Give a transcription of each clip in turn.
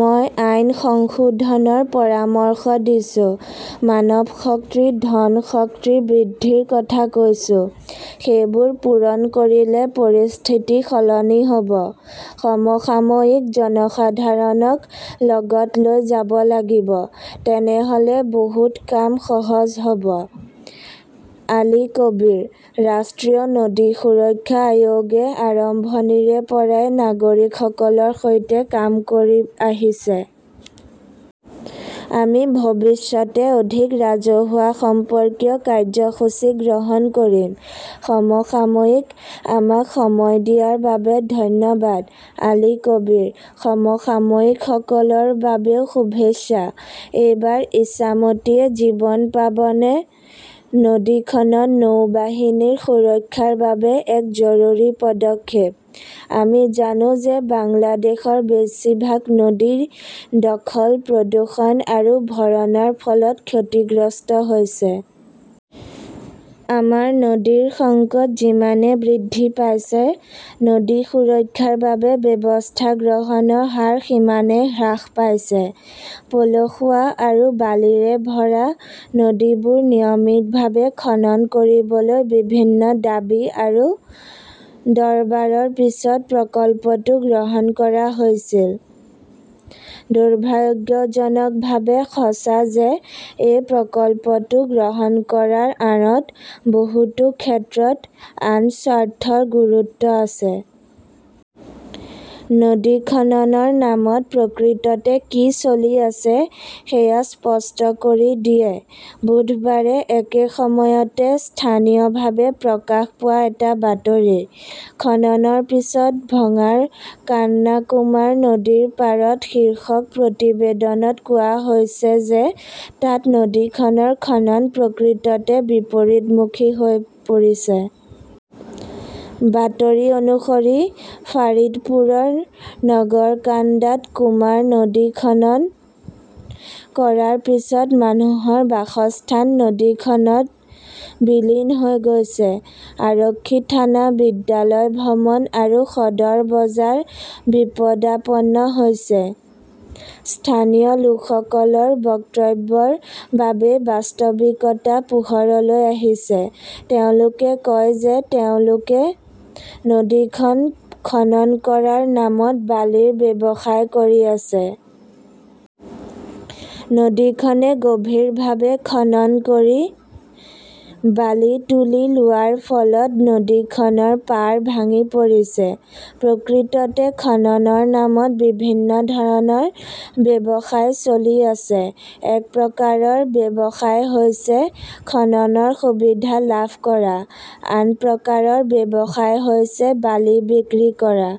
মই আইন সংশোধনৰ পৰামৰ্শ দিছো। মানৱশক্তি, ধন শক্তি বৃদ্ধিৰ কথা কৈছো। সেইবোৰ পূৰণ কৰিলে পৰিস্থিতি সলনি হ’ব। সমসাময়িকঃ জনসাধাৰণক লগত লৈ যাব লাগিব। তেনেহ’লে বহুত কাম সহজ হ’ব। আলী কবীৰঃ ৰাষ্ট্ৰীয় নদী সুৰক্ষা আয়োগে আৰম্ভণিৰে পৰাই নাগৰিকসকলৰ সৈতে কাম কৰি আহিছে। আমি ভৱিষ্যতে অধিক ৰাজহুৱা সম্পৰ্কীয় কাৰ্যসূচী গ্ৰহণ কৰিম। সমসাময়িকঃ আমাক সময় দিয়াৰ বাবে ধন্যবাদ। আলী কবীৰঃ সমসাময়িকসকলৰ বাবেও শুভেচ্ছা। এইবাৰ ইছামতীয়ে জীৱন পাবনে নদী খনন নৌবাহিনীৰ সুৰক্ষাৰ বাবে এক জৰুৰী পদক্ষেপ। আমি জানো যে বাংলাদেশৰ বেছিভাগ নদী দখল-প্ৰদূষণ আৰু ভৰণাৰ ফলত ক্ষতিগ্ৰস্ত হৈছে। আমাৰ নদীৰ সংকট যিমানে বৃদ্ধি পাইছে; নদী সুৰক্ষাৰ বাবে ব্যৱস্থা গ্ৰহণৰ হাৰ সিমানে হ্ৰাস পাইছে। পলসুৱা আৰু বালিৰে ভৰা নদীবোৰ নিয়মিতভাৱে খনন কৰিবলৈ বিভিন্ন দাবী আৰু দৰবাৰৰ পিছত প্ৰকল্পটো গ্ৰহণ কৰা হৈছিল। দুৰ্ভাগ্যজনকভাৱে সঁচা যে এই প্ৰকল্পটো গ্ৰহণ কৰাৰ আঁৰত বহুতো ক্ষেত্ৰত আন স্বাৰ্থৰ গুৰুত্ব আছে। নদী খননৰ নামত প্ৰকৃততে কি চলি আছে সেয়া স্পষ্ট কৰি দিয়ে-বুধবাৰে একে সময়তে স্থানীয়ভাৱে প্ৰকাশ পোৱা এটা বাতৰি। খননৰ পিছত ভঙাৰ কান্না কুমাৰ নদীৰ পাৰত শীৰ্ষক প্ৰতিবেদনত কোৱা হৈছে যে তাত নদীখনৰ খনন প্ৰকৃততে বিপৰীতমুখী হৈ পৰিছে। বাতৰি অনুসৰি, ফাৰিদপুৰৰ নগৰকান্দাত কুমাৰ নদী খনন কৰাৰ পিছত মানুহৰ বাসস্থান নদীখনত বিলীন হৈ গৈছে। আৰক্ষী থানা, বিদ্যালয় ভৱন আৰু সদৰ বজাৰ বিপদাপন্ন হৈছে। স্থানীয় লোকসকলৰ বক্তব্যৰ বাবেই বাস্তৱিকতা পোহৰলৈ আহিছে। তেওঁলোকে কয় যে তেওঁলোকে নদীখন খনন কৰাৰ নামত বালিৰ ব্যৱসায় কৰি আছে। নদীখনে গভীৰভাৱে খনন কৰি বালি তুলি লোৱাৰ ফলত নদীখনৰ পাৰ ভাঙি পৰিছে। প্ৰকৃততে খননৰ নামত বিভিন্ন ধৰণৰ ব্যৱসায় চলি আছে। এক প্ৰকাৰৰ ব্যৱসায় হৈছে খননৰ সুবিধা লাভ কৰা; আন প্ৰকাৰৰ ব্যৱসায় হৈছে বালি বিক্ৰী কৰা।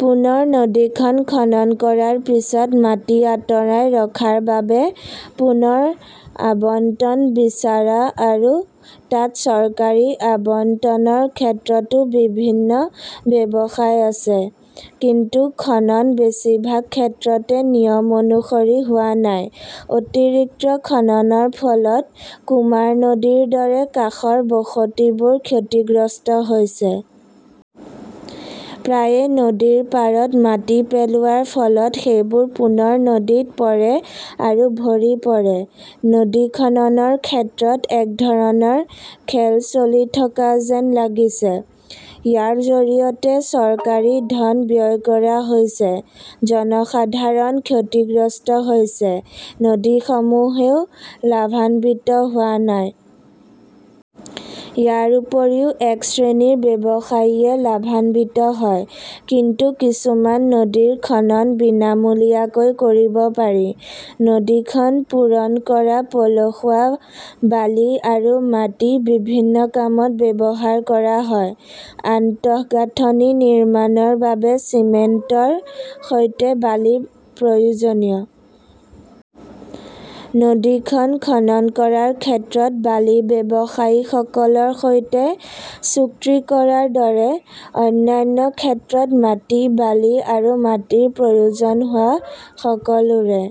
পুনৰ নদীখন খনন কৰাৰ পিছত মাটি আঁতৰাই ৰখাৰ বাবে পুনৰ আবণ্টন বিচাৰা আৰু তাত চৰকাৰী আবণ্টনৰ ক্ষেত্ৰতো বিভিন্ন ব্যৱসায় আছে। কিন্তু খনন বেছিভাগ ক্ষেত্ৰতে নিয়ম অনুসৰি হোৱা নাই। অতিৰিক্ত খননৰ ফলত কুমাৰ নদীৰ দৰে কাষৰ বসতিবোৰ ক্ষতিগ্ৰস্ত হৈছে। প্ৰায়ে নদীৰ পাৰত মাটি পেলোৱাৰ ফলত সেইবোৰ পুনৰ নদীত পৰে আৰু ভৰি পৰে। নদী খননৰ ক্ষেত্ৰত এক ধৰণৰ খেল চলি থকা যেন লাগিছে। ইয়াৰ জৰিয়তে চৰকাৰী ধন ব্যয় কৰা হৈছে; জনসাধাৰণ ক্ষতিগ্ৰস্ত হৈছে; নদীসমূহেও লাভান্বিত হোৱা নাই। ইয়াৰ উপৰিও, এক শ্ৰেণীৰ ব্যৱসায়ীয়ে লাভান্বিত হয়। কিন্তু কিছুমান নদীৰ খনন বিনামূলীয়াকৈ কৰিব পাৰি। নদীখন পূৰণ কৰা পলসুৱা, বালি আৰু মাটি বিভিন্ন কামত ব্যৱহাৰ কৰা হয়। আন্তঃগাঁথনি নিৰ্মাণৰ বাবে চিমেণ্টৰ সৈতে বালি প্ৰয়োজনীয়। নদীখন খনন কৰাৰ ক্ষেত্ৰত বালি ব্যৱসায়ীসকলৰ সৈতে চুক্তি কৰাৰ দৰে, অন্যান্য ক্ষেত্ৰত মাটি, বালি আৰু মাটিৰ প্ৰয়োজন হোৱা সকলোৰে